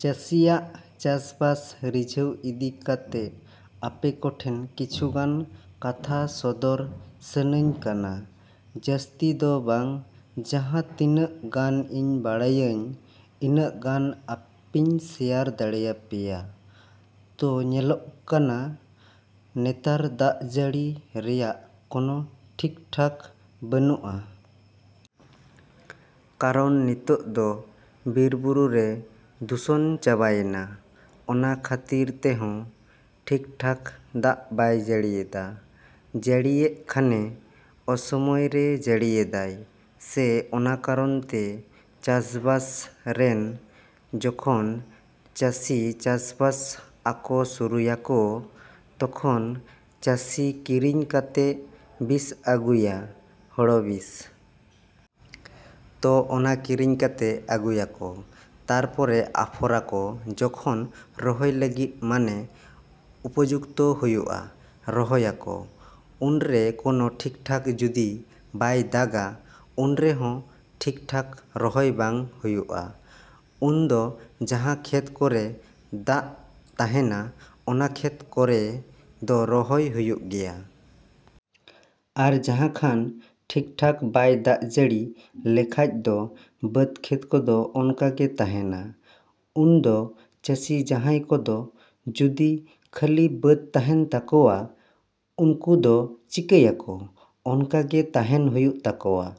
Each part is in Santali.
ᱪᱟᱹᱥᱤᱭᱟᱜ ᱪᱟᱥᱼᱵᱟᱥ ᱨᱤᱡᱷᱟᱹᱣ ᱤᱫᱤ ᱠᱟᱛᱮ ᱟᱯᱮ ᱠᱚᱴᱷᱮᱡ ᱠᱤᱪᱷᱩ ᱜᱟᱱ ᱠᱟᱛᱷᱟ ᱥᱮᱭᱟᱨ ᱥᱟᱱᱟᱧ ᱠᱟᱱᱟ᱾ ᱡᱟᱹᱥᱛᱤ ᱫᱚ ᱵᱟᱝ, ᱡᱟᱦᱟᱸ ᱛᱤᱱᱟᱹᱜ ᱜᱟᱱ ᱤᱧ ᱵᱟᱲᱟᱭᱟᱹᱧ, ᱤᱱᱟᱹᱜ ᱜᱟᱱ ᱟᱯᱮᱧ ᱥᱮᱭᱟᱨ ᱫᱟᱲᱮᱭᱟᱯᱮᱭᱟ᱾ ᱛᱚ ᱧᱮᱞᱚᱜ ᱠᱟᱱᱟ ᱱᱮᱛᱟᱨ ᱫᱟᱜ ᱡᱟᱹᱲᱤ ᱨᱮᱭᱟᱜ ᱠᱚᱱᱚ ᱴᱷᱤᱠ-ᱴᱷᱟᱠ ᱵᱟᱹᱱᱩᱜᱼᱟ᱾ ᱠᱟᱨᱚᱱ ᱱᱤᱛᱚᱜ ᱫᱚ ᱵᱤᱨ-ᱵᱩᱨᱩ ᱨᱮ ᱫᱷᱩᱥᱚᱱ ᱪᱟᱵᱟᱭᱮᱱᱟ᱾ ᱚᱱᱟ ᱠᱷᱟᱹᱛᱤᱨ ᱛᱮᱦᱚᱸ ᱴᱷᱤᱠ-ᱴᱷᱟᱠ ᱫᱟᱜ ᱵᱟᱭ ᱡᱟᱹᱲᱤᱭᱮᱫᱟ᱾ ᱡᱟᱹᱲᱤᱭᱮᱜ ᱠᱷᱟᱱᱮ ᱚᱥᱚᱢᱳᱭ ᱨᱮ ᱡᱟᱹᱲᱤᱭᱮᱫᱟᱭ᱾ ᱥᱮ ᱚᱱᱟ ᱠᱟᱨᱚᱱᱛᱮ ᱪᱟᱥ-ᱵᱟᱥ ᱨᱮᱱ ᱡᱚᱠᱷᱚᱱ ᱪᱟᱹᱥᱤ ᱪᱟᱥ-ᱵᱟᱥ ᱟᱠᱚ ᱥᱩᱨᱩᱭᱟ ᱠᱚ, ᱛᱚᱠᱷᱚᱱ ᱪᱟᱹᱥᱤ ᱠᱤᱨᱤᱧ ᱠᱟᱛᱮ ᱵᱤᱥ ᱟᱹᱜᱩᱭᱟ, ᱦᱳᱲᱳ ᱵᱤᱥ᱾ ᱛᱚ ᱚᱱᱟ ᱠᱤᱨᱤᱧ ᱠᱟᱛᱮ ᱟᱹᱜᱩᱭᱟᱠᱚ, ᱛᱟᱨᱯᱚᱨᱮ ᱟᱯᱷᱚᱨᱟᱠᱚ ᱡᱚᱠᱷᱚᱱ ᱨᱚᱦᱚᱭ ᱞᱟᱹᱜᱤᱫ ᱢᱟᱱᱮ ᱩᱯᱚᱡᱩᱠᱛᱚ ᱦᱩᱭᱩᱜᱼᱟ᱾ ᱨᱚᱦᱚᱭᱟᱠᱚ᱾ ᱩᱱᱨᱮ ᱠᱳᱱᱳ ᱴᱷᱤᱠ-ᱴᱷᱟᱠ ᱡᱩᱫᱤ ᱵᱟᱭ ᱫᱟᱜᱟ, ᱩᱱᱨᱮᱦᱚᱸ ᱴᱷᱤᱠ-ᱴᱷᱟᱠ ᱨᱚᱦᱚᱭ ᱵᱟᱝ ᱦᱩᱭᱩᱜᱼᱟ᱾ ᱩᱱᱫᱚ ᱡᱟᱦᱟᱸ ᱠᱷᱮᱛ ᱠᱚᱨᱮᱜ ᱫᱟᱜ ᱛᱟᱦᱮᱱᱟ, ᱚᱱᱟ ᱠᱷᱮᱛ ᱠᱚᱨᱮ ᱫᱚ ᱨᱚᱦᱚᱭ ᱦᱩᱭᱩᱜ ᱜᱮᱭᱟ᱾ ᱟᱨ ᱡᱟᱦᱟᱸ ᱠᱷᱚᱱ ᱴᱷᱤᱠ-ᱴᱷᱟᱠ ᱵᱟᱭ ᱫᱟᱜ ᱡᱟᱹᱲᱤ ᱞᱮᱠᱷᱟᱡ ᱫᱚ ᱵᱟᱹᱫᱽ ᱠᱷᱮᱛ ᱠᱚᱫᱚ ᱚᱱᱠᱟᱜᱮ ᱛᱟᱦᱮᱱᱟ᱾ ᱩᱱᱫᱚ ᱪᱟᱹᱥᱤ ᱡᱟᱦᱟᱸᱭ ᱠᱚᱫᱚ ᱡᱩᱫᱤ ᱠᱷᱟᱹᱞᱤ ᱵᱟᱹᱫᱽ ᱛᱟᱦᱮᱱ ᱛᱟᱠᱚᱣᱟ, ᱩᱱᱠᱩ ᱫᱚ ᱪᱤᱠᱟᱹᱭᱟᱠᱚ? ᱚᱱᱠᱟᱜᱮ ᱛᱟᱦᱮᱱ ᱦᱩᱭᱩᱜ ᱛᱟᱠᱚᱣᱟ᱾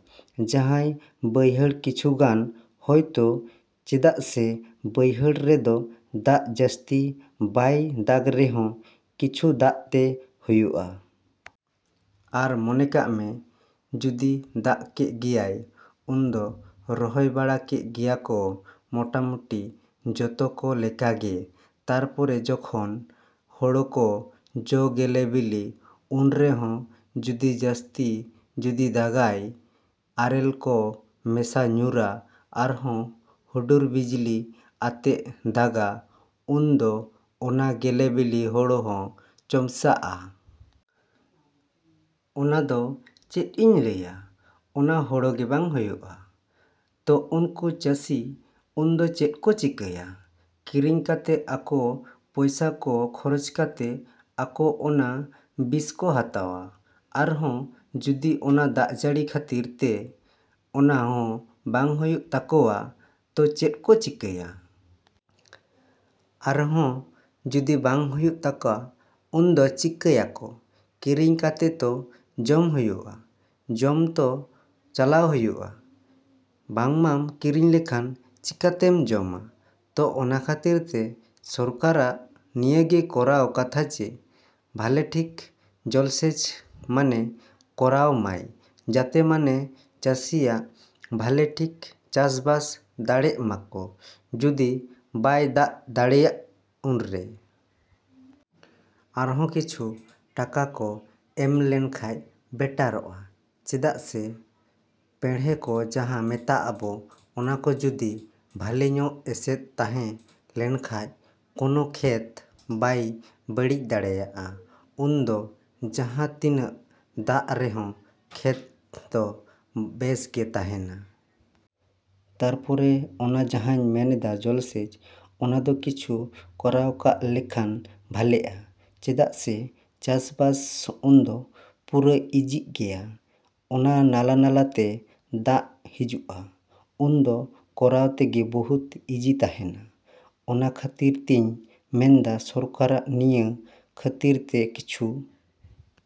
ᱡᱟᱦᱟᱸᱭ ᱵᱟᱹᱭᱦᱟᱹᱲ ᱠᱤᱪᱷᱩ ᱜᱟᱱ, ᱦᱚᱭᱛᱳ ᱪᱮᱫᱟᱜ ᱥᱮ ᱵᱟᱹᱭᱦᱟᱹᱲ ᱨᱮᱫᱚ ᱫᱟᱜ ᱡᱟᱹᱥᱛᱤ ᱵᱟᱭ ᱫᱟᱜ ᱨᱮᱦᱚᱸ ᱠᱤᱪᱷᱩ ᱫᱟᱜ ᱛᱮ ᱦᱩᱭᱩᱜᱼᱟ᱾ ᱟᱨ ᱢᱚᱱᱮ ᱠᱟᱜ ᱢᱮ ᱡᱩᱫᱤ ᱫᱟᱜ ᱠᱮᱜ ᱜᱮᱭᱟᱭ, ᱩᱱᱫᱚ ᱨᱚᱦᱚᱭ ᱵᱟᱲᱟ ᱠᱮᱜ ᱜᱮᱭᱟᱠᱚ ᱢᱳᱴᱟᱢᱩᱴᱤ ᱡᱚᱛᱚ ᱠᱚ ᱞᱮᱠᱟᱜᱮ᱾ ᱛᱟᱨᱯᱚᱨᱮ ᱡᱚᱠᱷᱚᱱ ᱦᱳᱲᱳ ᱠᱚ ᱡᱚ ᱜᱮᱞᱮ ᱵᱤᱞᱤ, ᱩᱱ ᱨᱮᱦᱚᱸ ᱡᱩᱫᱤ ᱡᱟᱹᱥᱛᱤ ᱡᱩᱫᱤ ᱫᱟᱜᱟᱭ, ᱟᱨᱮᱞ ᱠᱚ ᱢᱮᱥᱟ ᱧᱩᱨᱟ, ᱟᱨᱦᱚᱸ ᱦᱩᱰᱩᱨ ᱵᱤᱡᱽᱞᱤ ᱟᱛᱮᱜ ᱫᱟᱜᱟ, ᱩᱱᱫᱚ ᱚᱱᱟ ᱜᱮᱞᱮ ᱵᱤᱞᱤ ᱦᱳᱲᱳ ᱦᱚᱸ ᱪᱚᱢᱯᱥᱟᱜᱼᱟ᱾ ᱚᱱᱟᱫᱚ ᱪᱮᱫ ᱤᱧ ᱞᱟᱹᱭᱟ? ᱚᱱᱟ ᱦᱳᱲᱳᱜᱮ ᱵᱟᱝ ᱦᱩᱭᱩᱜᱼᱟ᱾ ᱛᱚ ᱩᱱᱠᱩ ᱪᱟᱹᱥᱤ ᱩᱱᱫᱚ ᱪᱮᱫ ᱠᱚ ᱪᱤᱠᱟᱹᱭᱟ? ᱠᱤᱨᱤᱧ ᱠᱟᱛᱮ ᱟᱠᱚ ᱯᱚᱭᱥᱟ ᱠᱚ ᱠᱷᱚᱨᱚᱪ ᱠᱟᱛᱮ ᱟᱠᱚ ᱚᱱᱟ ᱵᱤᱥᱠᱚ ᱦᱟᱛᱟᱣᱟ᱾ ᱟᱨᱦᱚᱸ ᱡᱩᱫᱤ ᱚᱱᱟ ᱫᱟᱜᱡᱟᱹᱲᱤ ᱠᱷᱟᱹᱛᱤᱨ ᱛᱮ ᱚᱱᱟ ᱦᱚᱸ ᱵᱟᱝ ᱦᱩᱭᱩᱜ ᱛᱟᱠᱚᱣᱟ, ᱛᱚ ᱪᱮᱫ ᱠᱚ ᱪᱤᱠᱟᱭᱟ? ᱟᱨᱦᱚᱸ ᱡᱩᱫᱤ ᱵᱟᱝ ᱦᱩᱭᱩᱜ ᱛᱟᱠᱣᱟ, ᱩᱱᱫᱚ ᱪᱤᱠᱟᱭᱟᱠᱚ? ᱠᱤᱨᱤᱧ ᱠᱟᱛᱮ ᱛᱚ ᱡᱚᱢ ᱦᱩᱭᱩᱜᱼᱟ᱾ ᱡᱚᱢ ᱛᱚ ᱪᱟᱞᱟᱣ ᱦᱩᱭᱩᱜᱼᱟ᱾ ᱵᱟᱝ ᱵᱟᱢ ᱠᱤᱨᱤᱧ ᱞᱮᱠᱷᱟᱱ ᱪᱤᱠᱟᱛᱮᱢ ᱡᱚᱢᱟ? ᱛᱚ ᱚᱱᱟ ᱠᱷᱟᱹᱛᱤᱨ ᱛᱮ ᱥᱚᱨᱠᱟᱨᱟᱜ ᱱᱤᱭᱟᱹᱜᱮ ᱠᱚᱨᱟᱣ ᱠᱟᱛᱷᱟ ᱡᱮ ᱵᱷᱟᱞᱮ ᱴᱷᱤᱠ ᱡᱚᱞᱥᱮᱪ ᱢᱟᱱᱮ ᱠᱚᱨᱟᱣ ᱢᱟᱭ ᱡᱟᱛᱮ ᱢᱟᱱᱮ ᱪᱟᱹᱥᱤ ᱦᱚᱸ ᱵᱷᱟᱞᱮ ᱴᱷᱤᱠ ᱪᱟᱥ-ᱵᱟᱥ ᱫᱟᱲᱮᱜ ᱢᱟᱠᱚ ᱡᱩᱫᱤ ᱵᱟᱭ ᱫᱟᱜ ᱫᱟᱲᱮᱭᱟᱜᱼᱟ ᱩᱱᱨᱮ᱾ ᱟᱨᱦᱚᱸ ᱠᱤᱪᱷᱩ ᱴᱟᱠᱟ ᱠᱚ ᱮᱢ ᱞᱮᱱᱠᱷᱟᱡ ᱵᱮᱴᱟᱨᱚᱜᱼᱟ᱾ ᱪᱮᱫᱟᱜ ᱥᱮ ᱯᱮᱲᱦᱮᱸ ᱠᱚ ᱡᱟᱦᱟᱸ ᱢᱮᱛᱟᱜ ᱟᱵᱚ, ᱚᱱᱟᱠᱚ ᱡᱩᱫᱤ ᱵᱷᱟᱞᱮᱧᱚᱜ ᱮᱥᱮᱫ ᱛᱟᱦᱮᱸ ᱞᱮᱱᱠᱷᱟᱡ, ᱠᱚᱱᱳ ᱠᱷᱮᱛ ᱵᱟᱭ ᱵᱟᱹᱲᱤᱡ ᱫᱟᱲᱮᱭᱟᱜᱼᱟ᱾ ᱩᱱᱫᱚ ᱡᱟᱦᱟᱸ ᱛᱤᱱᱟᱹᱜ ᱫᱟᱜ ᱨᱮᱦᱚᱸ ᱠᱷᱮᱛ ᱫᱚ ᱵᱮᱥ ᱜᱮ ᱛᱟᱦᱮᱱᱟ᱾ ᱛᱟᱨᱯᱚᱨᱮ ᱚᱱᱟ ᱡᱟᱦᱟᱸᱧ ᱢᱮᱱᱫᱟ ᱡᱚᱞᱥᱮᱪ, ᱚᱱᱟᱫᱚ ᱠᱤᱪᱷᱩ ᱠᱚᱨᱟᱣ ᱠᱟᱜ ᱞᱮᱠᱷᱟᱱ ᱵᱷᱟᱞᱮᱜᱼᱟ᱾ ᱪᱮᱫᱟᱜ ᱥᱮ ᱪᱟᱥ-ᱵᱟᱥ ᱩᱱᱫᱚ ᱯᱩᱨᱟᱹ ᱤᱡᱤᱜ ᱜᱮᱭᱟ᱾ ᱚᱱᱟ ᱱᱟᱞᱟ ᱱᱟᱞᱟᱛᱮ ᱫᱟᱜ ᱦᱤᱡᱩᱜᱼᱟ, ᱩᱱᱫᱚ ᱠᱚᱨᱟᱣ ᱨᱮᱜᱮ ᱵᱚᱦᱩᱫ ᱤᱡᱤ ᱛᱟᱦᱮᱱᱟ᱾ ᱚᱱᱟ ᱠᱷᱟᱹᱛᱤᱨ ᱛᱮᱧ ᱢᱮᱱᱫᱟ ᱥᱚᱨᱠᱟᱨᱟᱜ ᱱᱤᱭᱟᱹ ᱠᱷᱟᱹᱛᱤᱨ ᱛᱮ ᱠᱤᱪᱷᱩ